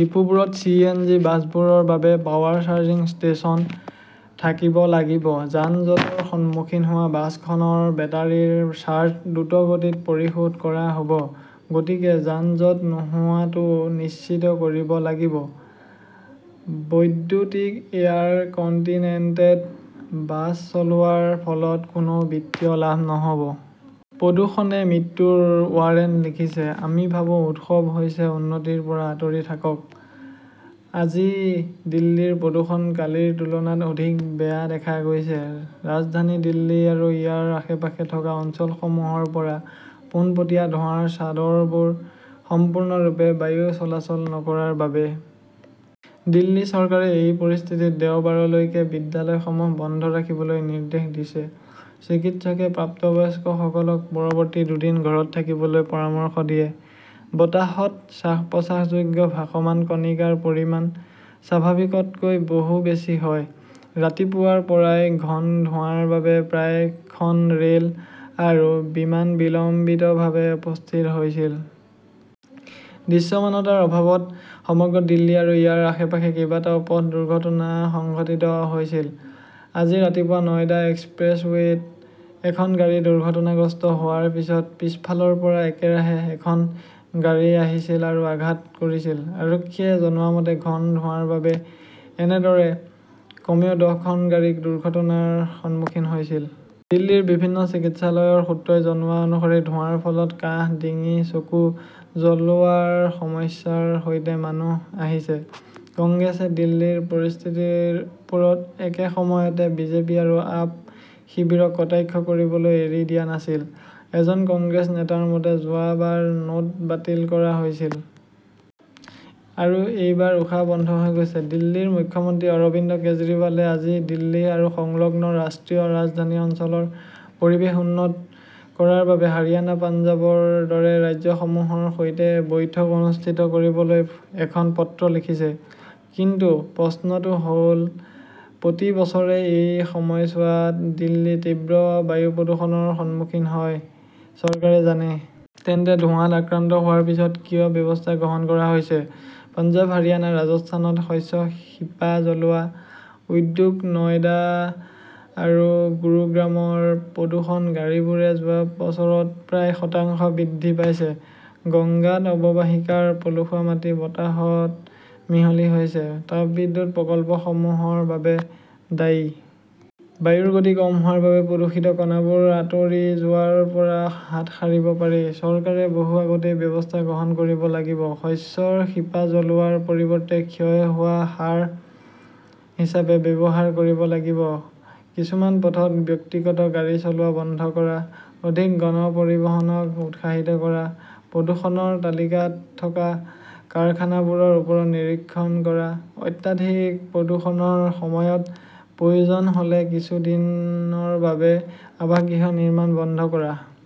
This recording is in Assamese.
ডিপোবোৰত চি. এন. জি. বাছবোৰ বাবে পাৱাৰ চাৰ্জিং ষ্টেচন থাকিব লাগিব, যান-জঁটৰ সন্মুখীন হোৱা বাছখনৰ বেটাৰীৰ চাৰ্জ দ্ৰুতগতিত পৰিশোধ কৰা হ ব। গতিকে যান-জঁট নোহোৱাটোও নিশ্চিত কৰিব লাগিব। বৈদ্যুতিক এয়াৰ-কণ্টিনেণ্টেড বাছ চলোৱাৰ ফলত কোনো বিত্তীয় লাভ নহব। প্ৰদূষণে মৃত্যুৰ ৱাৰেণ্ট লিখিছে, আমি ভাবো উৎসৱ হৈছে উন্নতিৰ পৰা আঁতৰি থাকক, আজি দিল্লীৰ প্ৰদূষণ কালিৰ তুলনাত অধিক বেয়া দেখা গৈছে। ৰাজধানী দিল্লী আৰু ইয়াৰ আশে-পাশে থকা অঞ্চলসমূহৰ পৰা পোনপটীয়া ধোঁৱাৰ চাদৰবোৰ সম্পূৰ্ণৰূপে বায়ু চলাচল নকৰাৰ বাবে। দিল্লী চৰকাৰে এই পৰিস্থিতিত দেওবাৰলৈকে বিদ্যালয়সমূহ বন্ধ ৰাখিবলৈ নিৰ্দেশ দিছে। চিকিৎসকে প্ৰাপ্তবয়স্কসকলক পৰৱৰ্তী দুদিন ঘৰত থাকিবলৈ পৰামৰ্শ দিয়ে। বতাহত শ্বাস-প্ৰশ্বাসযোগ্য ভাসমান কণিকাৰ পৰিমাণ স্বাভাৱিকতকৈ বহু বেছি হয়। ৰাতিপুৱাৰ পৰাই ঘন ধোঁৱাৰ বাবে প্ৰায় খন ৰেল আৰু বিমান বিলম্বিতভাৱে উপস্থিত হৈছিল। দৃশ্যমানতাৰ অভাৱত সমগ্ৰ দিল্লী আৰু ইয়াৰ আশে-পাশে কেইবাটাও পথ দুৰ্ঘটনা সংঘটিত হৈছিল। আজি ৰাতিপুৱা নয়ডা এক্সপ্ৰেছৱেত এখন গাড়ী দুৰ্ঘটনাগ্ৰস্ত হোৱাৰ পিছত পিছফালৰ পৰা একেৰাহে এখন গাড়ী আহিছিল আৰু আঘাত কৰিছিল। আৰক্ষীয়ে জনোৱা মতে, ঘন ধোঁৱাৰ বাবে একেলগে কমেও দহখন গাড়ী দুৰ্ঘটনাৰ সন্মুখীন হৈছিল। দিল্লীৰ বিভিন্ন চিকিৎসালয়ৰ সূত্ৰই জনোৱা অনুসৰি ধোঁৱাৰ ফলত কাহ, ডিঙি, চকু জ্বলোৱাৰ সমস্যাৰ সৈতে মানুহ আহিছে। কংগ্ৰেছে দিল্লীৰ পৰিস্থিতিৰ ওপৰত একে সময়তে বিজেপি আৰু আপ শিবিৰক কটাক্ষ কৰিবলৈ এৰি দিয়া নাছিল। এজন কংগ্ৰেছ নেতাৰ মতে, যোৱা বাৰ নোট বাতিল কৰা হৈছিল। আৰু এইবাৰ উশাহ বন্ধ হৈ গৈছে। দিল্লীৰ মুখ্যমন্ত্ৰী অৰবিন্দ কেজৰিৱালে আজি দিল্লী আৰু সংলগ্ন ৰাষ্ট্ৰীয় ৰাজধানী অঞ্চলৰ পৰিৱেশ উন্নত কৰাৰ বাবে হাৰিয়ানা-পঞ্জাৱৰ দৰে ৰাজ্যসমূহৰ সৈতে বৈঠক অনুষ্ঠিত কৰিবলৈ এখন পত্ৰ লিখিছে। কিন্তু প্ৰশ্নটো হ 'ল, প্ৰতি বছৰে এই সময়ছোৱাত দিল্লী তীব্ৰ বায়ু প্ৰদূষণৰ সন্মুখীন হয়, চৰকাৰে জানে। তেন্তে ধোঁৱাত আক্ৰান্ত হোৱাৰ পিছত কিয় ব্যৱস্থা গ্ৰহণ কৰা হৈছে? পঞ্জাৱ, হাৰিয়ানা, ৰাজস্থানত শস্যৰ শিপা জ্বলোৱা; উদ্যোগ, নয়ডা আৰু গুৰুগ্ৰামৰ প্ৰদূষণ, গাড়ীবোৰে যোৱা বছৰত প্ৰায় শতাংশ বৃদ্ধি পাইছে। গংগাত অৱবাহিকাৰ পলসুৱা মাটি বতাহত মিহলি হৈছে, তাপবিদ্যুৎ প্ৰকল্পসমূহৰ বাবে দায়ী। বায়ুৰ গতি কম হোৱাৰ বাবে প্ৰদূষিত কণাবোৰ আঁতৰি যোৱাৰ পৰা হাত সাৰিব পাৰি। চৰকাৰে বহু আগতেই ব্যৱস্থা গ্ৰহণ কৰিব লাগিব। শস্যৰ শিপা জ্বলোৱাৰ পৰিৱৰ্তে ক্ষয় হোৱা সাৰ হিচাপে ব্যৱহাৰ কৰিব লাগিব। কিছুমান পথত ব্যক্তিগত গাড়ী চলোৱা বন্ধ কৰা; অধিক গণ পৰিবহণক উৎসাহিত কৰা; প্ৰদূষণৰ তালিকাত থকা কাৰখানাবোৰৰ ওপৰত নিৰীক্ষণ কৰা; অত্যাধিক প্ৰদূষণৰ সময়ত প্ৰয়োজন হ 'লে কিছু দিনৰ বাবে আৱাসগৃহ নিৰ্মাণ বন্ধ কৰা।